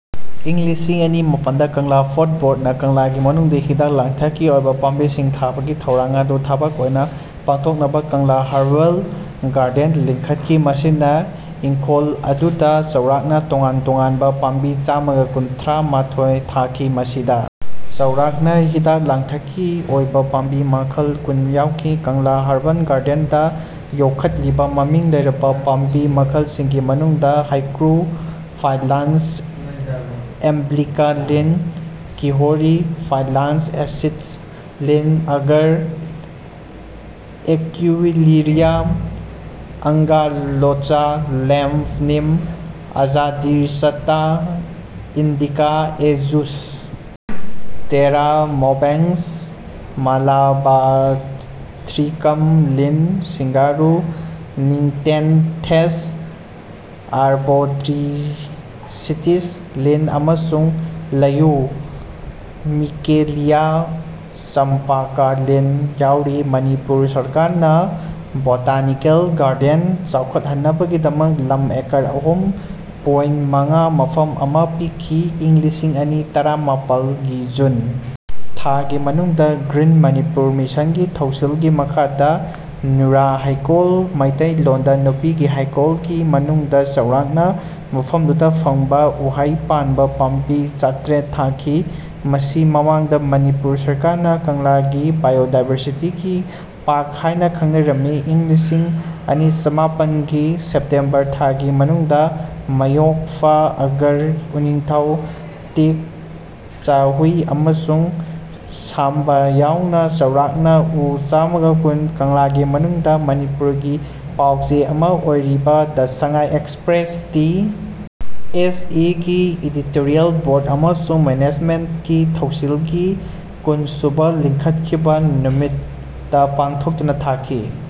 ꯏꯪ ꯂꯤꯁꯤꯡ ꯑꯅꯤ ꯃꯄꯜꯗ, ꯀꯪꯂꯥ ꯐꯣꯔꯠ ꯕꯣꯔꯗꯅ ꯀꯪꯂꯥꯒꯤ ꯃꯅꯨꯡꯗ ꯍꯤꯗꯥꯛ-ꯂꯥꯡꯊꯛꯀꯤ ꯑꯣꯏꯕ ꯄꯥꯝꯕꯤꯁꯤꯡ ꯊꯥꯕꯒꯤ ꯊꯧꯔꯥꯡ ꯑꯗꯨ ꯊꯕꯛ ꯑꯣꯏꯅ ꯄꯥꯡꯊꯣꯛꯅꯕ ꯀꯪꯂꯥ ꯍꯔꯕꯜ ꯒꯥꯔꯗꯦꯟ ꯂꯤꯡꯈꯠꯈꯤ꯫ ꯃꯁꯤꯅ ꯏꯪꯈꯣꯜ ꯑꯗꯨꯗ ꯆꯥꯎꯔꯥꯛꯅ ꯇꯣꯉꯥꯟ-ꯇꯣꯉꯥꯟꯕ ꯄꯥꯝꯕꯤ ꯆꯥꯃꯒ ꯀꯨꯟꯊ꯭ꯔꯥ ꯃꯥꯊꯣꯏ ꯊꯥꯈꯤ (ꯃꯁꯤꯗ ꯆꯥꯎꯔꯥꯛꯅ ꯍꯤꯗꯥꯛ-ꯂꯥꯡꯊꯛꯀꯤ ꯑꯣꯏꯕ ꯄꯥꯝꯕꯤ ꯃꯈꯜ ꯀꯨꯟ ꯌꯥꯎꯈꯤ)꯫ ꯀꯪꯂꯥ ꯍꯔꯕꯜ ꯒꯥꯔꯗꯦꯟꯗ ꯌꯣꯛꯈꯠꯂꯤꯕ ꯃꯃꯤꯡ ꯂꯩꯔꯕ ꯄꯥꯝꯕꯤ ꯃꯈꯜꯁꯤꯡꯒꯤ ꯃꯅꯨꯡꯗ "ꯍꯩꯀ꯭ꯔꯨ" (ꯐꯥꯏꯂꯟꯊꯁ ꯑꯦꯝꯕ꯭ꯂꯤꯀꯥ ꯂꯤꯟ) "ꯀꯤꯍꯣꯔꯤ" (ꯐꯥꯏꯂꯟꯊꯁ ꯑꯦꯁꯤꯗꯁ ꯂꯤꯟ), "ꯑꯒꯔ" (ꯑꯦꯀ꯭ꯋꯤꯂꯦꯔꯤꯌꯥ ꯑꯒꯥꯂꯣꯆꯥ ꯂꯦꯝ꯭ꯄ), "neem" (Azadirachta indica A Juss), "ꯇꯦꯔꯥ" (ꯃꯣꯕꯦꯛ꯭ꯁ ꯃꯂꯦꯕꯥꯊ꯭ꯔꯤꯀꯝ ꯂꯤꯟ), "ꯁꯤꯡꯒꯥꯔꯨ" (ꯅꯤꯛꯇꯦꯟꯊꯦꯁ ꯑꯥꯔꯕꯣꯇ꯭ꯔꯤꯁꯇꯤꯁ ꯂꯤꯟ), ꯑꯃꯁꯨꯡ "ꯂꯩꯍꯥꯎ" (ꯃꯤꯀꯦꯂꯤꯌꯥ ꯆꯝꯄꯥꯀꯥ ꯂꯤꯟ) ꯌꯥꯎꯔꯤ꯫ ꯃꯅꯤꯄꯨꯔ ꯁꯔꯀꯥꯔꯅ ꯕꯣꯇꯥꯅꯤꯀꯦꯜ ꯒꯥꯔꯗꯦꯟ ꯆꯥꯎꯈꯠꯍꯟꯅꯕꯒꯤꯗꯃꯛ ꯂꯝ ꯑꯦꯀꯔ ꯑꯍꯨꯝ ꯄꯣꯏꯟ ꯃꯉꯥ ꯃꯐꯝ ꯑꯃ ꯄꯤꯈꯤ꯫ ꯏꯪ ꯂꯤꯁꯤꯡ ꯑꯅꯤ ꯇꯔꯥꯃꯥꯄꯜ ꯒꯤ ꯖꯨꯟ ꯊꯥꯒꯤ ꯃꯅꯨꯡꯗ ꯒ꯭ꯔꯤꯟ ꯃꯅꯤꯄꯨꯔ ꯃꯤꯁꯟꯒꯤ ꯊꯧꯁꯤꯜꯒꯤ ꯃꯈꯥꯗ ꯅꯨꯔꯥ ꯍꯩꯀꯣꯜ (ꯃꯩꯇꯩ ꯂꯣꯟꯗ "ꯅꯨꯄꯤꯒꯤ ꯍꯩꯀꯣꯜ") ꯒꯤ ꯃꯅꯨꯡꯗ ꯆꯥꯎꯔꯥꯛꯅ ꯃꯐꯝꯗꯨꯗ ꯐꯪꯕ ꯎꯍꯩ ꯄꯥꯟꯕ ꯄꯥꯝꯕꯤ ꯆꯥꯇ꯭ꯔꯦꯠ ꯊꯥꯈꯤ, ꯃꯁꯤ ꯃꯃꯥꯡꯗ ꯃꯅꯤꯄꯨꯔ ꯁꯔꯀꯥꯔꯅ ꯀꯪꯂꯥꯒꯤ "ꯕꯥꯌꯣꯗꯥꯏꯚꯔꯁꯤꯇꯤ ꯄꯥꯔ꯭ꯛ" ꯍꯥꯏꯅ ꯈꯡꯅꯔꯝꯃꯤ꯫ ꯏꯪ ꯂꯤꯁꯤꯡ ꯑꯅꯤ ꯆꯃꯥꯄꯟ ꯒꯤ ꯁꯦꯞꯇꯦꯝꯕꯔ ꯊꯥꯒꯤ ꯃꯅꯨꯡꯗ ꯃꯌꯣꯛꯐꯥ, ꯑꯒꯔ, ꯎꯅꯤꯡꯊꯧ, ꯇꯤꯛ, ꯆꯥꯍꯨꯏ ꯑꯃꯁꯨꯡ ꯁꯥꯝꯕꯥ ꯌꯥꯎꯅ ꯆꯥꯎꯔꯥꯛꯅ ꯎ ꯆꯥꯃꯒ ꯀꯨꯟ ꯀꯪꯂꯥꯒꯤ ꯃꯅꯨꯡꯗ ꯃꯅꯤꯄꯨꯔꯒꯤ ꯄꯥꯎꯆꯦ ꯑꯃ ꯑꯣꯏꯔꯤꯕ "the Sangai Express" (T. S. E.) ꯒꯤ ꯏꯗꯤꯇꯣꯔꯤꯌꯦꯜ ꯕꯣꯔ꯭ꯗ ꯑꯃꯁꯨꯡ ꯃꯦꯅꯦꯖꯃꯦꯟ꯭ꯇꯒꯤ ꯊꯧꯁꯤꯜꯒꯤ ꯀꯨꯟ ꯁꯨꯕ ꯂꯤꯡꯈꯠꯈꯤꯕ ꯅꯨꯃꯤꯠꯇ ꯄꯥꯡꯊꯣꯛꯇꯨꯅ ꯊꯥꯈꯤ꯫